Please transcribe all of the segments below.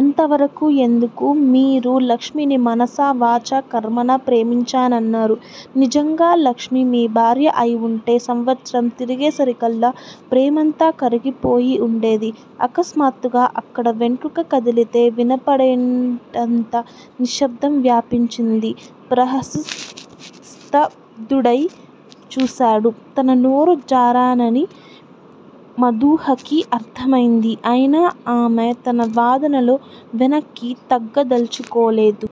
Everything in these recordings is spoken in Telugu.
అంతవరకూ ఎందుకు? మీరు లక్ష్మిని మనసా వాచా కర్మణా ప్రేమించానన్నారు. నిజంగా లక్ష్మి మీభార్య అయివుంటే సంవత్సరం తిరిగేసరికల్లా ప్రేమంతా కరిగిపోయి వుండేది. ఆకస్మాత్తుగా అక్కడ వెంట్రుక కదిలితే వినపడేటంత నిశ్శబ్దం వ్యాపించింది. ప్రహ స్థ బ్దుడై చూసాడు. తను నోరుజారానని మధూహకి అర్థమైంది. అయినా ఆమె తన వాదనలో వెనక్కీ తగ్గదల్చుకోలేదు.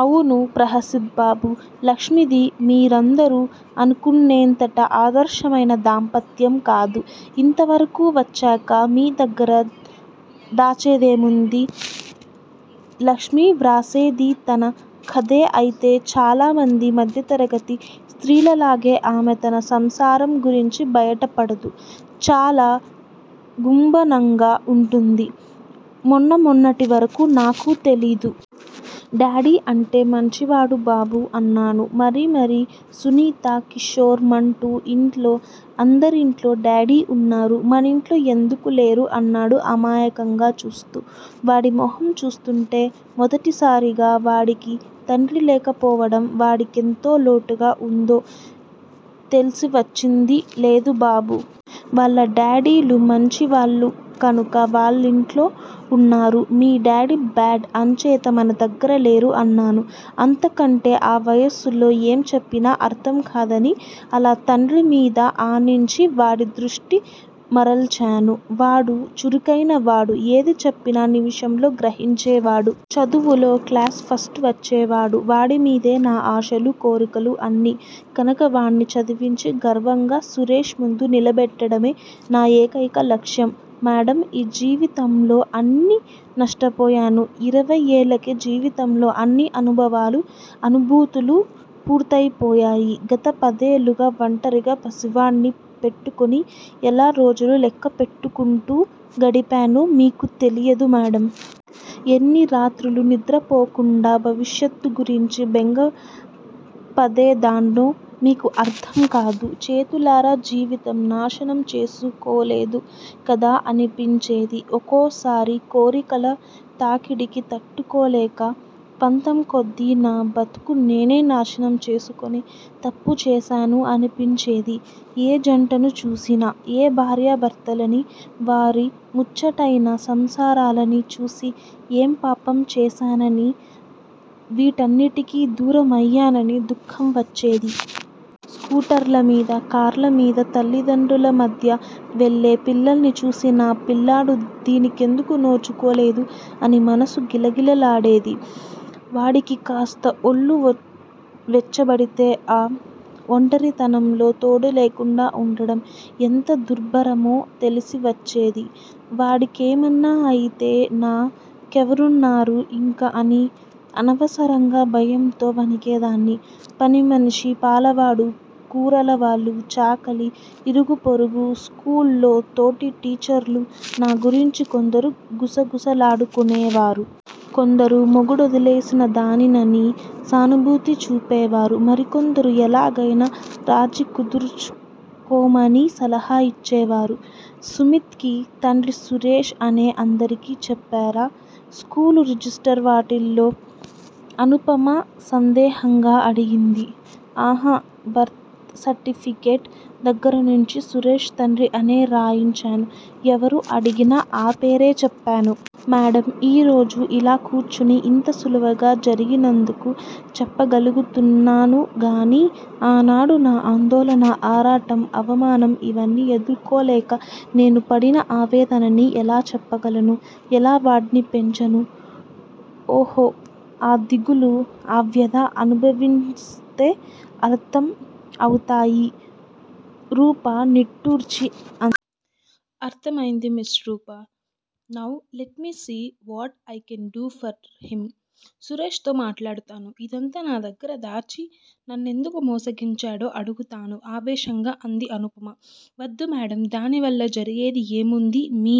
అవును ప్రహసిత్ బాబూ! లక్ష్మిది మీరందరూ అనుకునేంతట ఆదర్శమైన దాంపత్యం కాదు. ఇంతవరకూ వచ్చాక మీదగ్గర దాచేదేముంది? లక్ష్మి వ్రాసేది తన కథే అయితే చాలామంది మధ్యతరగతి స్త్రీలలాగే ఆమె తన సంసారం గురించి బయటపడదు. చాలా గుంభనంగా వుంటుంది. మొన్నమొన్నటి వరకూ నాకూ తెలీదు. డాడి అంటే మంచివాడు బాబూ అన్నాను. మరి మరి సునీతా, కిశోర్, మంటూ ఇంట్లో, అందరింట్లో డాడి వున్నారు. మనింట్లో ఎందుకు లేరు అన్నాడు అమాయకంగా చూస్తూ. వాడి మొహం చూస్తుంటే మొదటిసారిగా వాడికి తండ్రి లేకపోవడం వాడి కెంతో లోటుగా వుందో తెల్సి వచ్చింది లేదు బాబూ! వాళ్ళ డాడీలు మంచివాళ్ళు కనుక వాళ్ళింట్లో వున్నారు, మీ డాడీ బాడ్, అంచేత మనదగ్గర లేరు అన్నాను అంతకంటే ఆ వయసులో ఏం చెప్పినా అర్ధం కాదని. అలా తండ్రి మీద ఆనించి వాడి దృష్టి మరల్చాను. వాడు చురుకైనవాడు. ఏది చెప్పినా నిమిషంలో గ్రహించేవాడు. చదువులో క్లాసు ఫస్టు వచ్చేవాడు. వాడిమీదే నా ఆశలు, కోరికలు అన్నీ, కనక వాడ్ని చదివించి గర్వంగా సురేష్ ముందు నిలబెట్టడమే నా ఏకైక లక్ష్యం. మేడమ్! ఈ జీవితంలో అన్నీ నష్టపోయాను. ఇరవై ఏళ్ళకే జీవితంలో అన్ని అనుభవాలు అనుభూతులు పూర్తయిపోయాయి. గత పదేళ్ళుగా వంటరిగా పసివాడ్ని పెట్టుకుని ఎలా రోజులు లెక్కపెట్టుకుంటూ గడిపానో మీకు తెలియదు మేడమ్. ఎన్ని రాత్రులు నిద్రపోకుండా భవిష్యత్తు గురించి బెంగపదేదాన్నో మీకు అర్ధం కాదు. చేతులారా జీవితం నాశనం చేసుకోలేదు కదా అనిపించేది. ఒకోసారి కోరికల తాకిడికి తట్టుకోలేక. పంతంకొద్దీ నా బతుకు నేనే నాశనం చేసుకుని తప్పు చేశాను అనిపించేది ఏ జంటను చూసినా. ఏ భార్యా భర్తలని వారి ముచ్చటైనా సంసారాలని చూసి ఏం పాపం చేశానని వీటన్నిటికి దూరమయ్యానని దుఃఖం వచ్చేది. స్కూటర్ల మీద, కార్లమీద తల్లితండ్రుల మధ్య వెళ్ళే పిల్లల్ని చూసి నా పిల్లాడు దీని కెందుకు నోచుకోలేదు అని మనసు గిలగిల్లాడేది. వాడికి కాస్త ఒళ్ళు వ వెచ్చబడితే ఆ ఒంటరితనంలో తోడులేకుండా ఉండడం ఎంత దుర్భరమో తెలిసివచ్చేది. వాడికేమన్నా అయితే నా కేవరున్నారు ఇంక అని అనవసరంగా భయంతో వణికేదాన్ని, పనిమనిషి, పాలవాడు, కూరలవాళ్ళు, చాకలి, ఇరుగుపొరుగు, స్కూల్లో తోటి టీచర్లు నా గురించి కొందరు గుసగుసలాడుకునేవారు. కొందరు మొగుడు వదిలేసినదానినని సానుభూతి చూపేవారు. మరికొందరు ఎలాగైనా రాజీ కుదుర్చుకోమని సలహా ఇచ్చేవారు. సుమిత్ కి తండ్రి సురేష్ అనే అందరికి చెప్పరా? స్కూలు రిజిస్టర్ వాటిల్లో అనుపమ సందేహంగా అడిగింది. ఆహా బర్త్ సర్టిఫికేట్ దగ్గరనుంచి సురేష్ తండ్రి అనే రాయించాను. ఎవరు అడిగినా ఆ పేరే చెప్పాను. మేడమ్! ఈరోజు ఇలా కుర్చుని ఇంత సులువగా జరిగినందుకు చెప్పగలుగుతున్నానుగానీ, ఆనాడు నా ఆందోళన, ఆరాటం అవమానం ఇవన్నీ ఎదుర్కోలేక నేను పడిన ఆవేదనని ఎలా చెప్పగలను. ఎలా వాడ్ని పెంచాను. ఓహో! ఆ దిగులు, అవ్యద అనుభవిస్తేనే అర్ధం అవుతాయి. రూప నిట్టూర్చి అ. అర్ధమైంది Miss Rupa! Now let me see, what I can do for him, Suresh తో మాట్లాడుతాను, ఇదంతా నా దగ్గర దాచి నన్నెందుకు మోసగించాడో అడుగుతాను ఆవేశంగా అంది అనుపమ. వద్దు మేడమ్! దానివల్ల జరిగేది ఏముంది. మీ